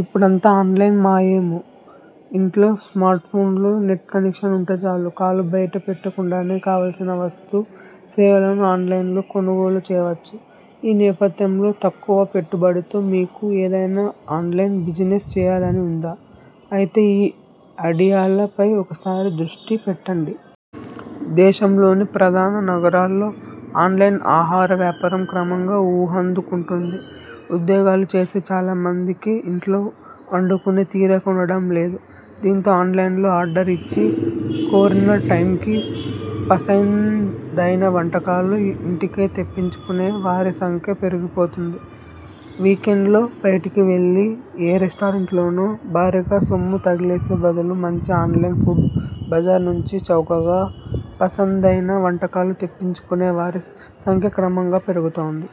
ఇపుడంతా online మయయే ఇంట్లో స్మార్ట్ఫోన్లో నెట్ కనెక్షన్ ఉంటే చాలు. కాలు బయట పెట్టకుండానే కావలసిన వస్తు, సేవలను ఆన్లైన్లో కొనుగోలు చేయవచ్చు. ఈ నేపథ్యంలో తక్కువ పెట్టుబడితో మీకూ ఏదైనా ఆన్లైన్ బిజినెస్ చేయాలని ఉందా? అయితే ఈ ఐడియాల పై ఒక్కసారి దృష్టి పెట్టండి. దేశంలోని ప్రధాన నగరాల్లో ఆన్లైన్ ఆహార వ్యాపారం క్రమంగా ఊపందుకుంటోంది. ఉద్యోగాలు చేసే చాలా మందికి ఇంట్లో వండుకునే తీరిక ఉండడం లేదు. దీంతో ఆన్లైన్లో ఆర్డర్ ఇచ్చి కోరిన టైమ్కి పసందైన వంటకాలు ఇంటికే తెప్పించుకునే వారి సంఖ్య పెరిగిపోతోంది. వీకెండ్స్లో బయటికి వెళ్లి ఏ రెస్టారెంట్లోనో భారీగా సొమ్ము తగలేసే బదులు మంచి ఆన్లైన్ ఫుడ్ బజార్ నుంచి చౌకగా పసందైన వంటకాలు తెప్పించుకునే వారి సంఖ్య క్రమంగా పెరుగుతోంది.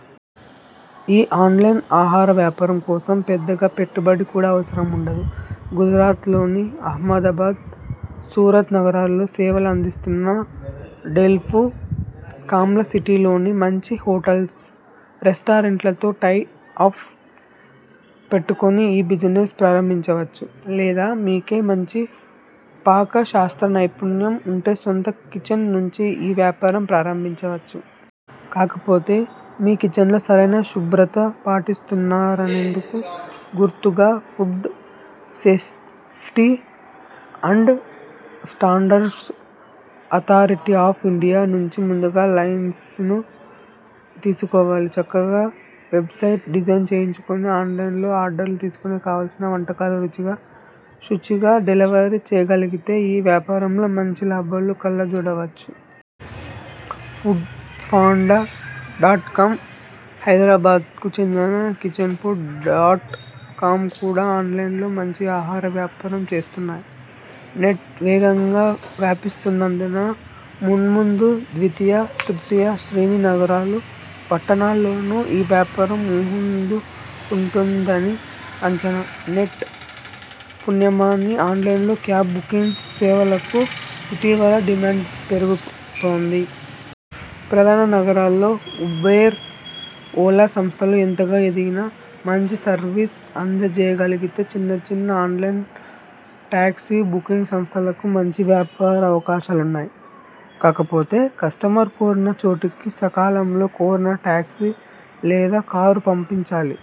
ఈ ఆన్లైన్ ఆహార వ్యాపారం కోసం పెద్దగా పెట్టుబడి కూడా అవసరం ఉండదు. గుజరాత్లోని అహ్మదాబాద్, సూరత్ నగరాల్లో సేవలు అందిస్తున్న డెల్ఫూ. కామ్లా సిటీలోని మంచి హోటల్స్, రెస్టారెంట్లతో టై అప్ పెట్టుకుని ఈ బిజినెస్ ప్రారంభించవచ్చు. లేదా మీకే మంచి పాక శాస్త్ర నైపుణ్యం ఉంటే సొంత కిచెన్ నుంచీ ఈ వ్యాపారం ప్రారంభించవచ్చు. కాకపోతే మీ కిచెన్లో సరైన శుభ్రత పాటిస్తున్నారనేందుకు గుర్తు గా food safety and standards authority of India నుంచి ముందుగా లైసెన్సు తీసుకోవాలి. చక్కగా వెబ్సైట్ డిజైన్ చేయించుకుని ఆన్లైన్లోనే ఆర్డర్లు తీసుకుని కావలసిన వంటకాలు రుచిగా, శుచిగా డెలివరీ చేయగలిగితే ఈ వ్యాపారంలో మంచి లాభాలు కళ్ల జూడవచ్చు. ఫుడ్పాండా డాట్ కామ్, హైదరాబాద్కు చెందిన కిచెన్ఫుడ్స్ డాట్ కామ్ కూడా ఆన్లైన్లో మంచి ఆహార వ్యాపారం చేస్తున్నాయి. నెట్ వేగంగా వ్యాపిస్తున్నందున మున్ముందు ద్వితీయ, తృతీయ శ్రేణి నగరాలు, పట్టణాల్లోనూ ఈ వ్యాపారం ఊపందుకుంటుందని అంచనా. నెట్ పుణ్యమాని ఆన్లైన్ క్యాబ్ బుకింగ్ సేవలకూ ఇటీవల డిమాండ్ పెరుగుతోంది. ప్రధాన నగరాల్లో ఉబెర్, ఓలా సంస్థలు ఎంతగా ఎదిగినా మంచి సర్వీస్ అందజేయగలిగితే చిన్న చిన్న ఆన్లైన్ టాక్సీ బుకింగ్ సంస్థలకూ మంచి వ్యాపార అవకాశాలున్నాయి. కాకపోతే కస్టమర్ కోరిన చోటికి సకాలంలో కోరిన టాక్సీ లేదా కారు పంపించాలి.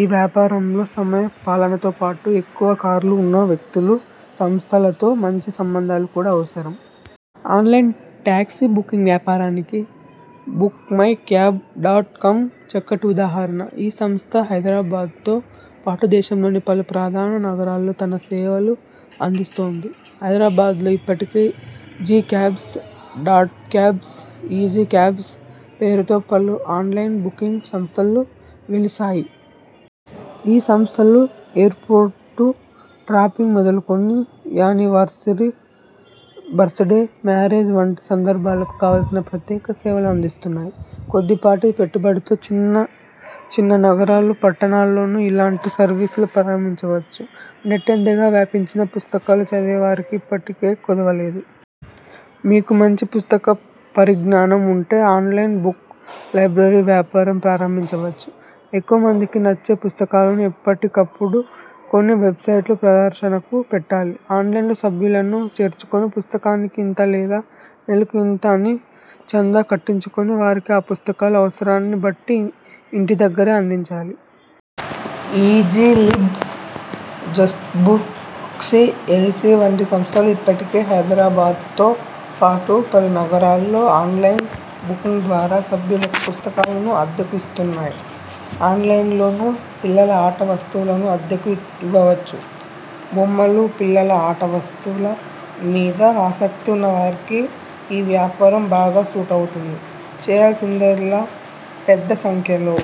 ఈ వ్యాపారంలో సమయ పాలనతోపాటు ఎక్కువ కార్లు ఉన్న వ్యక్తులు, సంస్థలతో మంచి సంబంధాలు కూడా అవసరం. ఆన్లైన్ టాక్సీ బుకింగ్ వ్యాపారానికి బుక్మైక్యాబ్ డాట్ కామ్ చక్కటి ఉదాహరణ. ఈ సంస్థ హైదరాబాద్తో పాటు దేశంలోని పలు ప్రధాన నగరాల్లో తన సేవలు అందిస్తోంది. హైదరాబాద్లో ఇప్పటికే G cabs, dot cabs, easy cabs పేరుతో పలు అన్లైన్ బుకింగ్ సంస్థలు వెలిశాయి. ఈ సంస్థలు ఎయిర్పోర్టు డ్రాపింగ్ మొదలుకుని యానివర్సిరీ, బర్త్డే, మ్యారేజ్ వంటి సందర్భాలకూ కావలసిన ప్రత్యేక సేవలు అందిస్తున్నాయి. కొద్ది పాటి పెట్టుబడితో చిన్న చిన్న నగరాలు, పట్టణాల్లోనూ ఇలాంటి సర్వీసులు ప్రారభించవచ్చు. నెట్ ఎంతగా వ్యాపించినా పుస్తకాలు చదివే వారికి ఇప్పటికీ కొదవ లేదు. మీకు మంచి పుస్తక పరిజ్ఞానం ఉంటే ఆన్లైన్ బుక్ లైబ్రరీ వ్యాపారం ప్రారంభించవచ్చు. ఎక్కువ మందికి నచ్చే పుస్తకాలను ఎప్పటి కప్పుడు కొని వెబ్సైట్లో ప్రదర్శనకు పెట్టాలి. ఆన్లైన్లో సభ్యులను చేర్చుకుని పుస్తకానికి ఇంత లేదా నెలకు ఇంత అని చందా కట్టించుకుని వారికి ఆ పుస్తకాలు అవసరాన్ని బట్టి ఇంటి దగ్గరే అందించాలి. ఈజీలిబ్స్, జస్ట్బుక్స్సిఎల్సి వంటి సంస్థలు ఇప్పటికే హైదరాబాద్తో పాటు పలు నగరాల్లో ఆన్లైన్ బుకింగ్ ద్వారా సభ్యులకు పుస్తకాలను అద్దెకు ఇస్తున్నాయి. ఆన్లైన్లోనూ పిల్లల ఆట వస్తువులను అద్దెకు ఇవ్వవచ్చు. బొమ్మలు, పిల్లల ఆట వస్తువుల మీద ఆసక్తి ఉన్న వారికి ఈ వ్యాపారం బాగా సూటవుతుంది. చేయాల్సిందిల్లా పెద్ద సంఖ్యలో